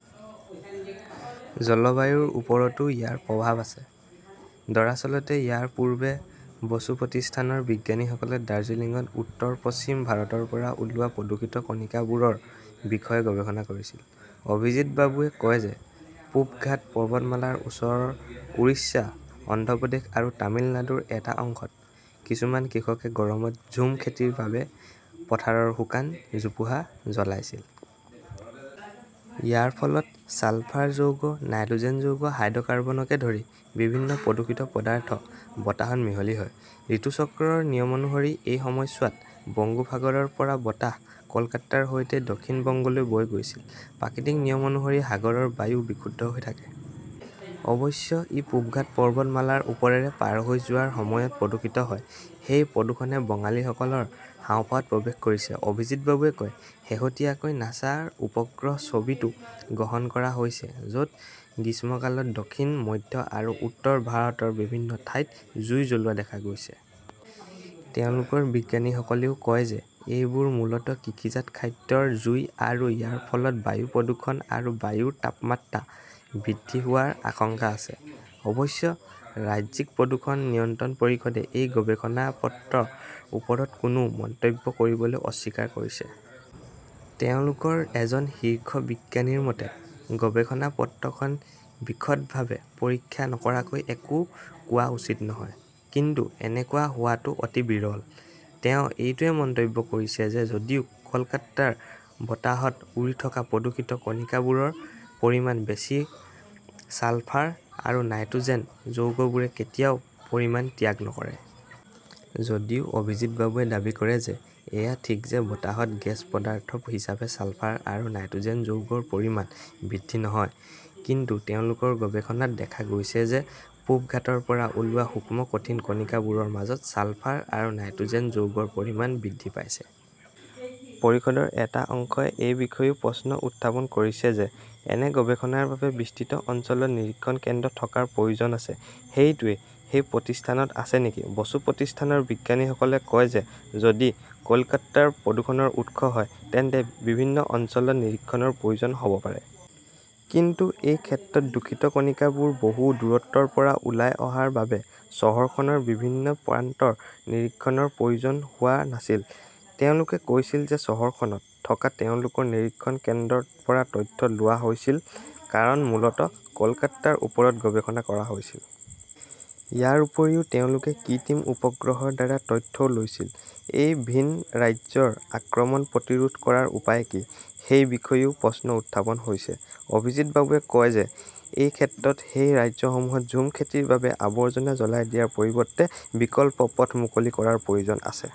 জলবায়ুৰ ওপৰতো ইয়াৰ প্ৰভাৱ আছে। দৰাচলতে, ইয়াৰ পূৰ্বে বসু প্ৰতিষ্ঠানৰ বিজ্ঞানীসকলে দাৰ্জিলিংত উত্তৰ-পশ্চিম ভাৰতৰ পৰা ওলোৱা প্ৰদূষিত কণিকাবোৰৰ বিষয়ে গৱেষণা কৰিছিল। অভিজিৎ বাবুৱে কয় যে, পূব ঘাট পৰ্বতমালাৰ ওচৰৰ উৰিষ্যা, অন্ধ্ৰ প্ৰদেশ আৰু তামিলনাডুৰ এটা অংশত কিছুমান কৃষকে গৰমত ঝুম খেতিৰ বাবে পথাৰৰ শুকান জোপোহা জ্বলাইছিল। ইয়াৰ ফলত ছালফাৰ যৌগ, নাইট্ৰ'জেন যৌগ, হাইড্ৰ'কাৰ্বনকে ধৰি বিভিন্ন প্ৰদূষিত পদাৰ্থ বতাহত মিহলি হয়। ঋতুচক্ৰৰ নিয়ম অনুসৰি এই সময়ছোৱাত বংগোপ সাগৰৰ পৰা বতাহ কলকাতাৰ সৈতে দক্ষিণ বংগলৈ বৈ গৈছিল। "প্ৰাকৃতিক নিয়ম অনুসৰি সাগৰৰ বায়ু বিশুদ্ধ হৈ থাকে। অৱশ্যে, ই পূব ঘাট পৰ্বতমালাৰ ওপৰেৰে পাৰ হৈ যোৱাৰ সময়ত প্ৰদূষিত হয়। সেই প্ৰদূষণে বঙালীসকলৰ হাঁওফাঁওত প্ৰৱেশ কৰিছে", অভিজিৎ বাবুৱে কয়। শেহতীয়াকৈ নাছাৰ উপগ্ৰহ ছবিতো গ্ৰহণ কৰা হৈছে, য'ত গ্ৰীষ্মকালত দক্ষিণ, মধ্য আৰু উত্তৰ ভাৰতৰ বিভিন্ন ঠাইত জুই জ্বলোৱা দেখা গৈছে। তেওঁলোকৰ বিজ্ঞানীসকলেও কয় যে, এইবোৰ মূলতঃ কৃষিজাত খাদ্যৰ জুই আৰু ইয়াৰ ফলত বায়ু প্ৰদূষণ আৰু বায়ুৰ তাপমাত্ৰা বৃদ্ধি হোৱাৰ আশংকা আছে। অৱশ্যে ৰাজ্যিক প্ৰদূষণ নিয়ন্ত্ৰণ পৰিষদে এই গৱেষণা পত্ৰৰ ওপৰত কোনো মন্তব্য কৰিবলৈ অস্বীকাৰ কৰিছে। তেওঁলোকৰ এজন শীৰ্ষ বিজ্ঞানীৰ মতে, "গৱেষণা পত্ৰখন বিশদভাৱে পৰীক্ষা নকৰাকৈ একো কোৱা উচিত নহয়। কিন্তু এনেকুৱা হোৱাটো অতি বিৰল"। তেওঁ এইটোও মন্তব্য কৰিছিল যে, যদিও কলকাতাৰ বতাহত উৰি থকা প্ৰদূষিত কণিকাবোৰৰ পৰিমাণ বেছি, ছালফাৰ আৰু নাইট্ৰ'জেন যৌগবোৰে কেতিয়াও পৰিমাণ ত্যাগ নকৰে। যদিও অভিজিৎ বাবুৱে দাবী কৰে যে, এয়া ঠিক যে বতাহত গেছ পদাৰ্থ হিচাপে ছালফাৰ আৰু নাইট্ৰ'জেন যৌগৰ পৰিমাণ বৃদ্ধি নহয়। কিন্তু তেওঁলোকৰ গৱেষণাত দেখা গৈছে যে, পূব ঘাটৰ পৰা ওলোৱা সূক্ষ্ম কঠিন কণিকাবোৰৰ মাজত ছালফাৰ আৰু নাইট্ৰ'জেন যৌগৰ পৰিমাণ বৃদ্ধি পাইছে। পৰিষদৰ এটা অংশই এই বিষয়েও প্ৰশ্ন উত্থাপন কৰিছে যে, এনে গৱেষণাৰ বাবে বিস্তৃত অঞ্চলত নিৰীক্ষণ কেন্দ্ৰ থকাৰ প্ৰয়োজন আছে। সেইটোৱেই সেই প্ৰতিষ্ঠানত আছে নেকি? বসু প্ৰতিষ্ঠানৰ বিজ্ঞানীসকলে কয় যে, যদি কলকাতা প্ৰদূষণৰ উৎস হয়, তেন্তে বিভিন্ন অঞ্চলত নিৰীক্ষণৰ প্ৰয়োজন হব পাৰে। কিন্তু এই ক্ষেত্ৰত দূষিত কণিকাবোৰ বহু দূৰত্বৰ পৰা ওলাই অহাৰ বাবে চহৰখনৰ বিভিন্ন প্ৰান্তত নিৰীক্ষণৰ প্ৰয়োজন হোৱা নাছিল। তেওঁলোকে কৈছিল যে, চহৰখনত থকা তেওঁলোকৰ নিৰীক্ষণ কেন্দ্ৰৰ পৰা তথ্য লোৱা হৈছিল, কাৰণ মূলতঃ কলকাতাৰ ওপৰত গৱেষণা কৰা হৈছিল। ইয়াৰ উপৰিও তেওঁলোকে কৃত্ৰিম উপগ্ৰহৰ দ্বাৰা তথ্যও লৈছিল। এই ভিন ৰাজ্যৰ আক্ৰমণ প্ৰতিৰোধ কৰাৰ উপায় কি, সেই বিষয়েও প্ৰশ্ন উত্থাপন হৈছে। অভিজিৎ বাবুৱে কয় যে, এই ক্ষেত্ৰত সেই ৰাজ্যসমূহত ঝুম খেতিৰ বাবে আৱৰ্জনা জ্বলাই দিয়াৰ পৰিৱৰ্তে বিকল্প পথ মুকলি কৰাৰ প্ৰয়োজন আছে।